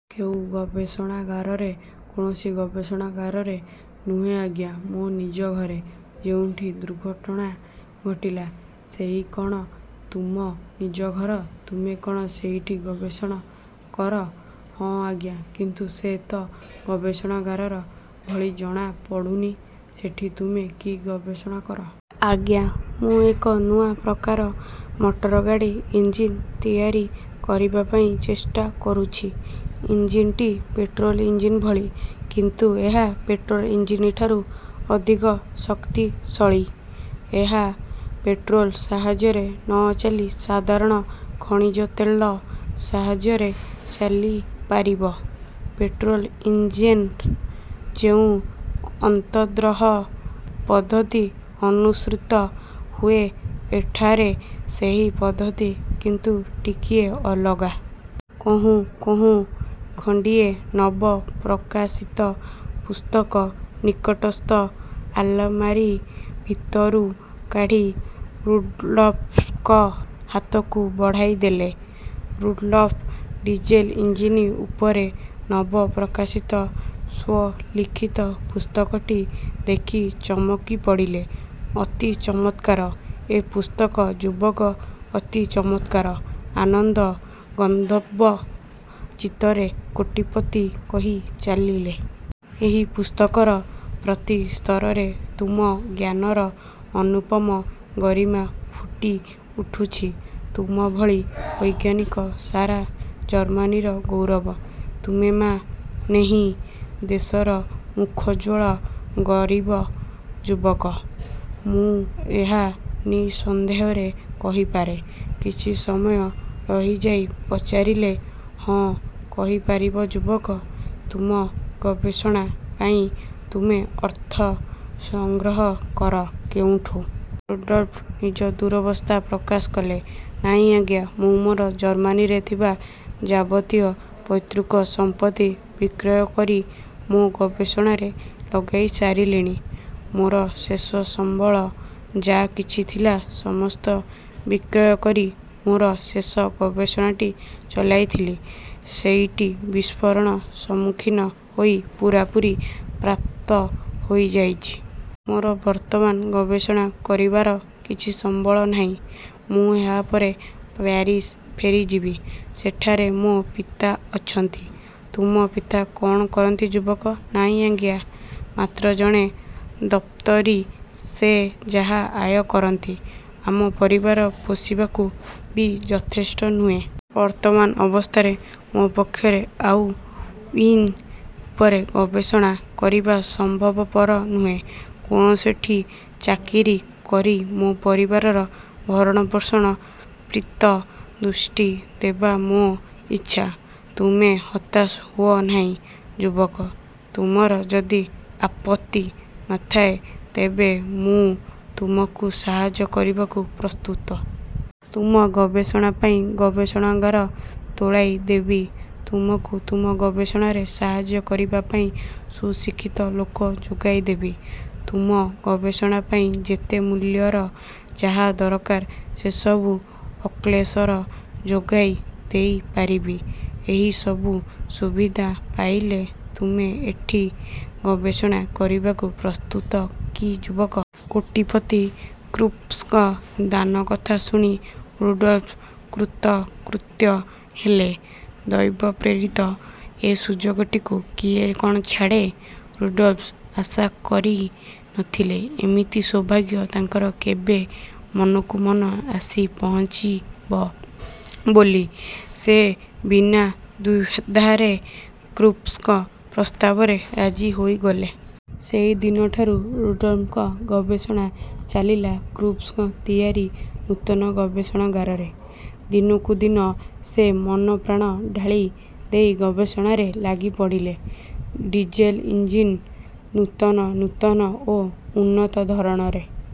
କେଉଁ ଗବେଷଣାଗାରରେ? କୌଣସି ଗବେଷଣାଗାରରେ ନୁହେଁ ଆଜ୍ଞା ମୋ ନିଜ ଘରେ। ଯେଉଁଠି ଦୁର୍ଘଟଣା ଘଟିଲା ସେହି କ'ଟଣ ତୁମ ନିଜ ଘର? ତୁମେ କଣ ସେଇଠି ଗବେଷଣା। କର? ହଁ ଆଜ୍ଞା କିନ୍ତୁ ସେ ତ ଗବେଷଣାଗାରର ଭଳି ଜଣା ପଡ଼ୁନି? ସେଠି ତୁମେ କି ଗବେଷଣା କର? ଆଜ୍ଞା, ମୁଁ ଏକ ନୂଆ ପ୍ରକାର ମଟରଗାଡ଼ି ଇଞ୍ଜିନ୍ ତିଆରି କରିବା ପାଇଁ ଚେଷ୍ଟା କରୁଛି। ଇଞ୍ଜିନଟି ପେଟ୍ରୋଲ ଇଞ୍ଜିନ୍ ଭଳି। କିନ୍ତୁ ଏହା ପେଟ୍ରୋଲ ଇଞ୍ଜିନ୍ଠାରୁ ଅଧିକ ଶକ୍ତିଶଳୀ। ଏହା ପେଟ୍ରୋଲ ସାହାଯ୍ୟରେ ନ ଚାଲି ସାଧାରଣ ଖଣିଜ ତେଲ ସାହାଯ୍ୟରେ ଚାଲିପାରିବ। ପେଟ୍ରୋଲ ଇଞ୍ଜିନ୍ ଯେଉଁ ଅନ୍ତର୍ର୍ଦହ ପଦ୍ଧତି ଅନୁସୃତ ହୁଏ ଏଠାରେ ସେହି ପଦ୍ଧତି କିନ୍ତୁ ଟିକିଏ ଅଲଗା। କହୁଁ କହୁଁ ଖଣ୍ଡିଏ ନବ ପ୍ରକାଶିତ ପୁସ୍ତକ ନିକଟସ୍ଥ ଆଲମାରୀ ଭିତରୁ କାଢ଼ି ରୁଡ଼ଲ୍ଫଙ୍କ ହାତକୁ ବଢ଼ାଇଦେଲେ। ରୁଡ଼ଲଫ ଡିଜେଲ ଇଞ୍ଜିନ୍ ଉପରେ ନବ ପ୍ରକାଶିତ ସ୍ୱଲିଖିତ ପୁସ୍ତକଟି ଦେଖି ଚମକି ପଡ଼ିଲେ। ଅତି ଚମତ୍କାର ଏ ପୁସ୍ତକ ଯୁବକ ଅତି ଚମତ୍କାର ଆନନ୍ଦ ଗଦ୍ଗଦ୍ ଚିତ୍ତରେ କୋଟିପତି କହି ଚାଲିଲେ। ଏହି ପୁସ୍ତକର ପ୍ରତି ସ୍ତରେ ତୁମ ଜ୍ଞାନର ଅନୁପମ ଗରିମା ଫୁଟି ଉଠୁଛି । ତୁମଭଳି ବୈଜ୍ଞାନିକ ସାରା ଜର୍ମାନୀର ଗୌରବ ତୁମେମାନେହିଁ ଦେଶର ମୁଖୋଜ୍ଜ୍ୱଳ ଗରିବ ଯୁବକ ମୁଁ ଏହା ନିଃସନ୍ଦେହରେ କହିପାରେ। କିଛି ସମୟ ରହି ଯାଇ ପଚାରିଲେ। ହଁ କହିପାରିବ ଯୁବକ ତୁମ ଗବେଷଣା ପାଇଁ ତୁମେ ଅର୍ଥ ସଂଗ୍ରହ କର କେଉଁଠୁ? ରୁଡ଼ଲ୍ଫ ନିଜ ଦୂରବସ୍ଥା ପ୍ରକାଶ କଲେ ନାଇଁ ଆଜ୍ଞା ମୁଁ ମୋର ଜର୍ମ୍ମାନୀରେ ଥିବା ଯାବତୀୟ ପୈତୃକ ସମ୍ପତ୍ତି ବିକ୍ରୟକରି ମୋ ଗବେଷଣାରେ ଲଗାଇ ସାରିଲିଣି। ମୋର ଶେଷ ସମ୍ବଳ ଯା କିଛି ଥିଲା ସମସ୍ତ ବିକ୍ରୟ କରି ମୋର ଶେଷ ଗବେଷଣାଟି ଚଳାଇଥିଲି। ସେଇଟି ବିସ୍ଫୋରଣ ସମ୍ମୁଖୀନ ହୋଇ ପୂରାପୂରି ପ୍ରାପ୍ତ ହୋଇଯାଇଛି। ମୋର ବର୍ତ୍ତମାନ ଗବେଷଣା କରିବାର କିଛି ସମ୍ବଳ ନାହିଁ। ମୁଁ ଏହାପରେ ପାରିସ୍ ଫେରିଯିବି। ସେଠାରେ ମୋ ପିତା ଅଛନ୍ତି। ତୁମ ପିତା କଣ କରନ୍ତି ଯୁବକ? ନାଇଁ ଆଜ୍ଞା ମାତ୍ର ଜଣେ ଦପ୍ତରୀ ସେ ଯାହା ଆୟ କରନ୍ତି ଆମ ପରିବାରର ପୋଷିବାକୁ ବି ଯଥେଷ୍ଟ ନୁହେଁ। ବର୍ତ୍ତମାନ ଅବସ୍ଥାରେ ମୋ ପକ୍ଷରେ ଆଉ ଇନ୍ଜିନ୍ ଉପରେ ଗବେଷଣା କରିବା ସମ୍ଭବପର ନୁହେଁ। କୌଣସିଠି ଚାକିରି କରି ମୋ ପରିବାରର ଭରଣପୋଷଣ ପ୍ରିତ ଦୃଷ୍ଟି ଦେବା ମୋ ଇଚ୍ଛା। ତୁମେ ହତାଶ ହୁଅ ନାହିଁ ଯୁବକ। ତୁମର ଯଦି ଆପତ୍ତି ନ ଥାଏ ତେବେ ମୁଁ ତୁମକୁ ସାହାଯ୍ୟ କରିବାକୁ ପ୍ରସ୍ତୁତ। ତୁମ ଗବେଷଣା ପାଇଁ ଗବେଷଣାଗାର ତୋଳାଇ ଦେବି ତୁମକୁ ତୁମ ଗବେଷଣାରେ ସାହାଯ୍ୟ କରିବା ପାଇଁ ସୁଶିକ୍ଷିତ ଲୋକ ଯୋଗାଇ ଦେବି। ତୁମ ଗବେଷଣା ପାଇଁ ଯେତେ ମୂଲ୍ୟର ଯାହା ଦରକାର ସେସବୁ ଅକ୍ଳେଶର ଯୋଗାଇ ଦେଇ ପାରିବି। ଏହି ସବୁ ସୁବିଧା ପାଇଲେ ତୁମେ ଏଠି ଗବେଷଣା କରିବାକୁ ପ୍ରସ୍ତୁତ କି ଯୁବକ? କୋଟିପତି କ୍ରୁପ୍ସଙ୍କ ଦାନକଥା ଶୁଣି ରୁଡ଼ଲ୍ଫ କୃତକୃତ୍ୟ ହେଲେ। ଦୈବପ୍ରେରିତ ଏ ସୁଯୋଗଟିକୁ କିଏ କଣ ଛାଡ଼େ? ରୁଡ଼ଲ୍ଫ ଆଶା କରି ନଥିଲେ ଏମିତି ସୌଭାଗ୍ୟ ତାଙ୍କର କେବେ ମନକୁ ମନ ଆସି ପହଞ୍ଚିବ ବୋଲି। ସେ ବିନା ଦ୍ୱିଧାରେ କ୍ରୁପ୍ସଙ୍କ ପ୍ରସ୍ତାବରେ ରାଜି ହୋଇଗଲେ। ସେହିଦିନଠାରୁ ରୁଡ଼ଲ୍ଫଙ୍କ ଗବେଷଣା ଚାଲିଲା କ୍ରୁପ୍ସଙ୍କ ତିଆରି ନୂତନ ଗବେଷଣାଗାରରେ। ଦିନକୁଦିନ ସେ ମନଃପ୍ରାଣ ଢାଳି ଦେଇ ଗବେଷଣାରେ ଲାଗି ପଡ଼ିଲେ। ଡିଜେଲ ଇଞ୍ଜିନ୍ର ନୂତନ ନୂତନ ଓ ଉନ୍ନତ ଧରଣରେ